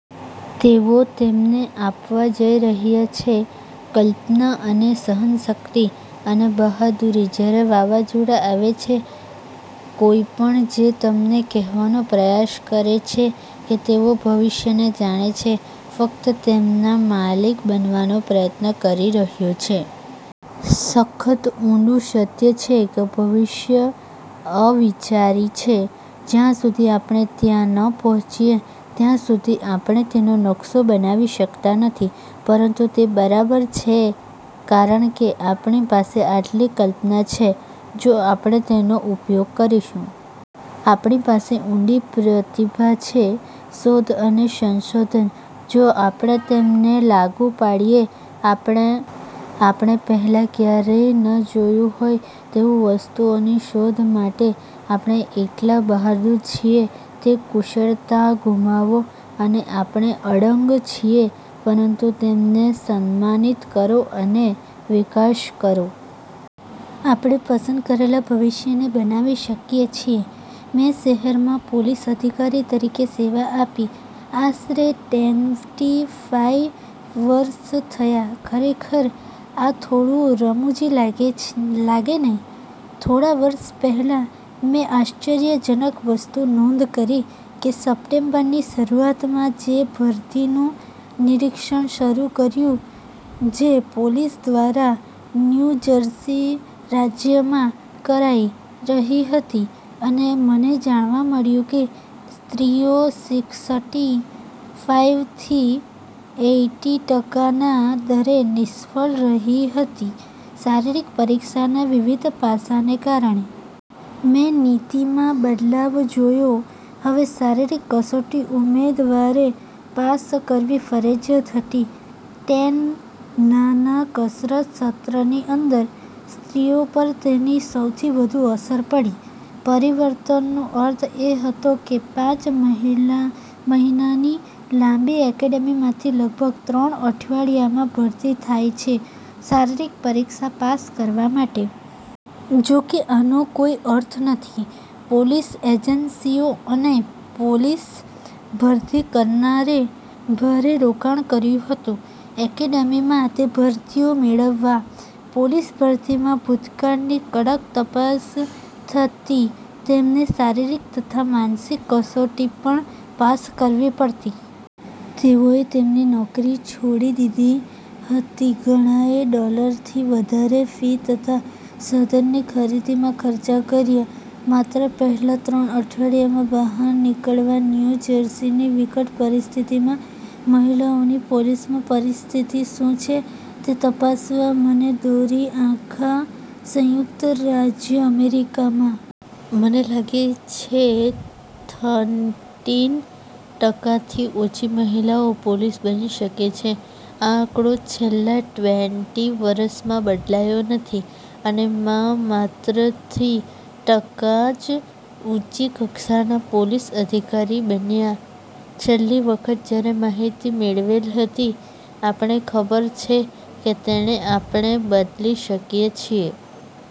તેઓ તેમને આપવા જઈ રહ્યા છે કલ્પના અને સહનશક્તિ અને બહાદુરી જ્યારે વાવાઝોડા આવે છે. કોઈપણ જે તમને કહેવાનો પ્રયાસ કરે છે કે તેઓ ભવિષ્યને જાણે છે ફક્ત તેમના માલિક બનવાનો પ્રયત્ન કરી રહ્યો છે. સખત ઊંડૂ સત્ય છે કે ભવિષ્ય અવિચારી છે. જ્યાં સુધી આપણે ત્યાં ન પહોંચીએ, ત્યાં સુધી આપણે તેનો નકશો બનાવી શકતા નથી. પરંતુ તે બરાબર છે કારણ કે આપણી પાસે આટલી કલ્પના છે જો આપણે તેનો ઉપયોગ કરીશું. આપણી પાસે ઉંડી પ્રતિભા છે શોધ અને સંશોધન જો આપણે તેમને લાગુ પાડીએ. આપણે પહેલાં ક્યારેય ન જોઈ હોય તેવી વસ્તુઓની શોધ માટે આપણે એટલા બહાદુર છીએ. તે કુશળતા ગુમાવો અને આપણે અડગ છીએ પરંતુ તેમને સન્માનિત કરો અને વિકાસ કરો. આપણે પસંદ કરેલા ભવિષ્યને બનાવી શકીએ છીએ. મેં શહેરમાં પોલીસ અધિકારી તરીકે સેવા આપી આશરે ટ્વેન્ટી ફાઈવ વર્ષ થયા. ખરેખર આ થોડું રમુજી લાગે ને? થોડા વર્ષ પેહલા મેં આશ્ચર્યજનક વસ્તુ નોંધ કરી કે સપ્ટેમ્બરની શરૂઆતમાં મેં ભરતીનું નિરીક્ષણ શરુ કર્યું જે પોલીસ દ્વારા ન્યૂ જર્સી રાજ્યમાં કરાઈ રહી હતી અને મને જાણવા મળ્યું કે સ્ત્રીઓ સિક્સટી ફાઈવ થી એઈટી ટકાના દરે નિષ્ફળ રહી હતી શારીરિક પરીક્ષાના વિવિધ પાસા ને કારણે. મેં નીતિમાં બદલાવ જોયો. હવે શારીરિક કસોટી ઉમેદવારે પાસ કરવી ફરજીયાત હતી ટેન નાના કસરત સત્રની અંદર. સ્ત્રીઓ પર તેની સૌથી વધુ અસર પડી. પરિવર્તનનો અર્થ એ હતો કે પાંચ મહિનાની લાંબી એકેડેમીમાંથી લગભગ ત્રણ અઠવાડિયામાં ભરતી થાય છે શારીરિક પરીક્ષા પાસ કરવા માટે. જોકે આનો કોઈ અર્થ નથી. પોલીસ એજન્સીઓ અને પોલીસ ભરતી કરનારે ભારે રોકાણ કર્યું હતું એકેડેમીમાં તે ભરતીઓ મેળવવા. પોલીસ ભરતીમાં ભૂતકાળની કડક તાપસ થતી, તેમને શારીરિક તથા માનસિક કસોટી પણ પાસ કરવી પડતી. તેઓએ તેમની નોકરી છોડી દીધી હતી. ઘણાએ ડોલરથી વધારે ફી તથા સાધનની ખરીદીમાં ખર્ચો કર્યો. માત્ર પહેલા ત્રણ અઠવાડિયામાં બહાર નીકળવા? ન્યુ જર્સીની વિકટ પરિસ્થિતિમાં મહિલાઓની પોલીસમાં પરિસ્થિતિ શું છે તે તપાસવા મને દોરી આખા સંયુક્ત રાજ્ય અમેરિકામાં. મને લાગે છે થર્ટીન ટકાથી ઓછી મહિલાઓ પોલીસ બની શકે છે. આ આંકડો છેલ્લા ટ્વેન્ટી વર્ષમાં બદલાયો નથી. અને માં માત્ર થ્રી ટકા જ ઊંચી કક્ષાના પોલીસ અધિકારી બન્યા છેલ્લી વખત જયારે માહિતી મેળવેલ હતી. આપણે ખબર છે કે તેને આપણે બદલી શકીયે છીએ.